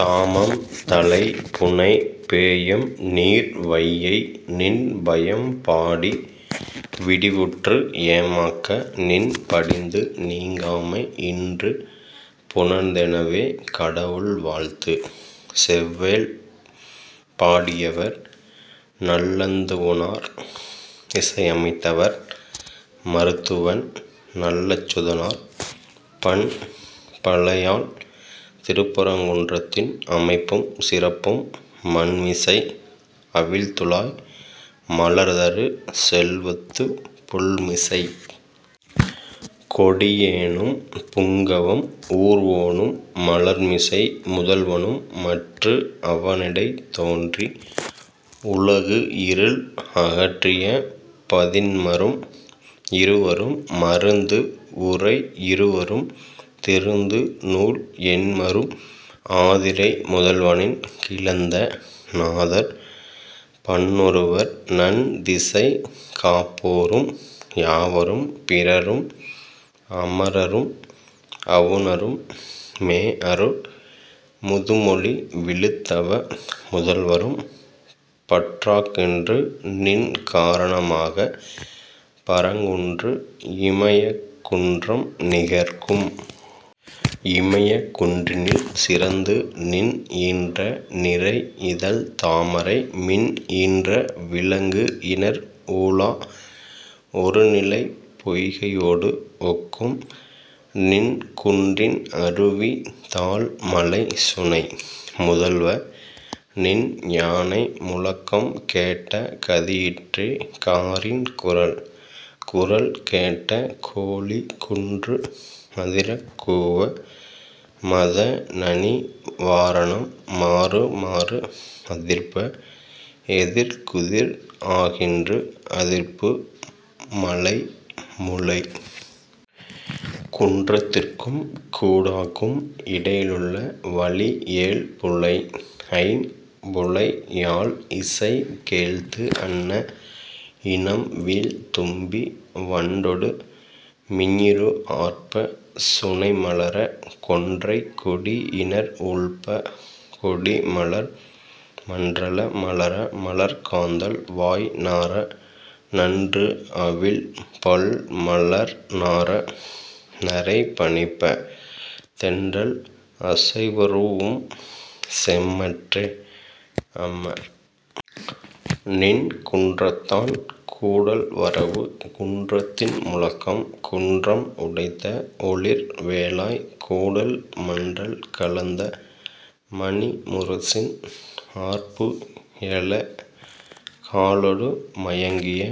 தாமம் தலை புனை பேஎம் நீர் வையை! நின் பயம் பாடி விடிவுற்று ஏமாக்க--- நின் படிந்து நீங்காமை இன்று புணர்ந்தெனவே. கடவுள் வாழ்த்து. செவ்வேள் பாடியவர், நல்லந்துவனார் இசையமைத்தவர், மருத்துவன் நல்லச்சுதனார் பண், பலையாழ் திருப்பரங்குன்றத்தின் அமைப்பும் சிறப்பும் மண்மிசை---அவிழ்துழாய் மலர்தரு செல்வத்துப் புள்மிசைக் கொடியோனும், புங்கவம் ஊர்வோனும், மலர்மிசை முதல்வனும், மற்று அவனிடைத் தோன்றி உலகு இருள் அகற்றிய பதின்மரும், இருவரும், மருந்து உரை இருவரும், திருந்து நூல் எண்மரும், ஆதிரை முதல்வனின் கிளந்த நாதர் பன்னொருவரும், நன் திசை காப்போரும், யாவரும், பிறரும், அமரரும், அவுணரும், மேஅரு முதுமொழி விழுத் தவ முதல்வரும்--- பற்றாகின்று, நின் காரணமாக; பரங்குன்று இமயக் குன்றம் நிகர்க்கும். இமயக் குன்றினில் சிறந்து நின் ஈன்ற நிரை இதழ்த் தாமரை மின் ஈன்ற விளங்கு இணர் ஊழா ஒருநிலைப் பொய்கையோடு ஒக்கும்--- நின் குன்றின் அருவி தாழ் மாலைச் சுனை. முதல்வ! நின் யானை முழக்கம் கேட்ட கதியிற்றே காரின் குரல். குரல் கேட்ட கோழி குன்று அதிரக் கூவ, மத நனி வாரணம் மாறுமாறு அதிர்ப்ப, எதிர்குதிர் ஆகின்று அதிர்ப்பு, மலை முழை. குன்றத்திற்கும் கூடாக்கும் இடையிலுள்ள வழி ஏழ் புழை ஐம் புழை யாழ் இசை கேழ்த்து அன்ன, இனம் வீழ் தும்பி வண்டொடு மிஞிறு ஆர்ப்ப, சுனை மலர, கொன்றை கொடி இணர் ஊழ்ப்ப, கொடி மலர் மன்றல மலர, மலர் காந்தள் வாய் நாற, நன்று அவிழ் பல் மலர் நாற, நறை பனிப்ப, தென்றல் அசைவரூஉம் செம்மற்றே-- அம்ம! நின் குன்றத்தான் கூடல் வரவு. குன்றத்தின் முழக்கம் குன்றம் உடைத்த ஒளிர் வேலாய்! கூடல் மன்றல் கலந்த மணி முரசின் ஆர்ப்பு எழ, காலொடு மயங்கிய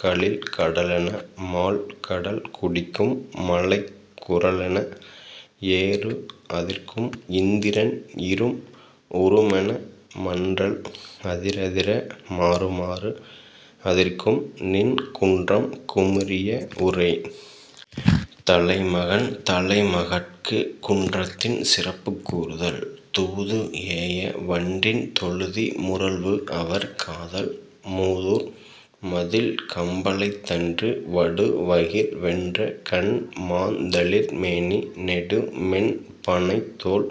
கலிழ் கடலென, மால் கடல் குடிக்கும் மழைக் குரலென, ஏறு அதிர்க்கும் இந்திரன் இரும் உருமென, மன்றல் அதிரதிர மாறுமாறு அதிர்க்கும் --நின் குன்றம் குமுறிய உரை. தலைமகன் தலைமகட்குக் குன்றத்தின் சிறப்புக் கூறுதல் 'தூது ஏய வண்டின் தொழுதி முரல்வு அவர் காதல் மூதூர் மதில் கம்பலைத்தன்று; வடு வகிர் வென்ற கண், மாந் தளிர் மேனி, நெடு மென் பணைத் தோள்,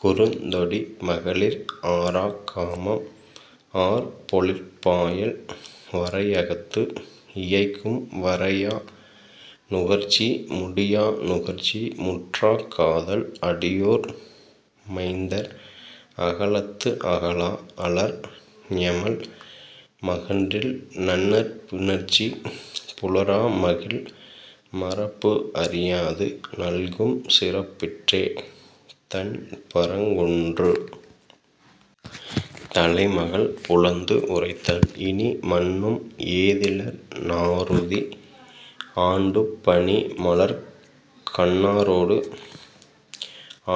குறுந் தொடி, மகளிர் ஆராக் காமம், ஆர் பொழிற் பாயல், வரையகத்து, இயைக்கும் வரையா நுகர்ச்சி; முடியா நுகர்ச்சி முற்றாக் காதல், அடியோர் மைந்தர் அகலத்து அகலா அலர் ஞெமல் மகன்றில் நன்னர்ப் புணர்ச்சி, புலரா மகிழ்; மறப்பு அறியாது நல்கும் சிறப்பிற்றே---தண் பரங்குன்று. ' தலைமகள் புலந்து உரைத்தல் 'இனி, மன்னும் ஏதிலர் நாறுதி; ஆண்டுப் பனி மலர்க் கண்ணாரோடு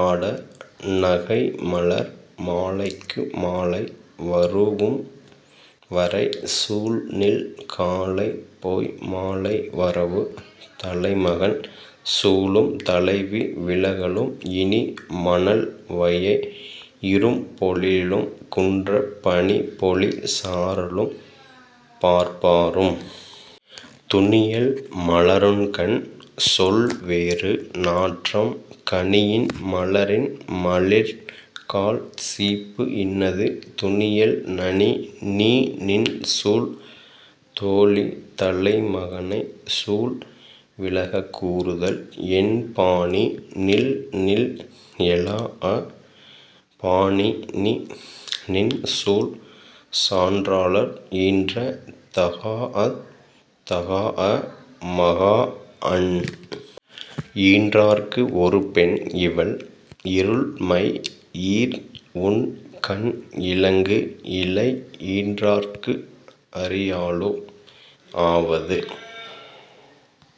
ஆட--நகை மலர் மாலைக்கு மாலை வரூஉம்; வரை சூள் நில்-- காலைப் போய் மாலை வரவு. ' தலைமகன் சூளும் தலைவி விலகலும் 'இனி மணல் வையை இரும் பொழிலும், குன்றப் பனி பொழி சாரலும், பார்ப்பாரும்;.... துனியல், மலருண்கண்! சொல் வேறு; நாற்றம் கனியின் மலரின் மலிர் கால் சீப்பு இன்னது; துனியல் நனி 'நீ நின் சூள். ' தோழி தலைமகனைச் சூள் விலகக்கூறுதல் 'என் பாணி நில் நில்---எலாஅ! --பாணி நீ, நின் சூள்; சான்றாளர் ஈன்ற தகாஅத் தகாஅ மகாஅன்! -- ஈன்றாட்கு ஒரு பெண், இவள். "இருள் மை ஈர் உண் கண் இலங்கு இழை ஈன்றாட்கு அரியளோ? ஆவது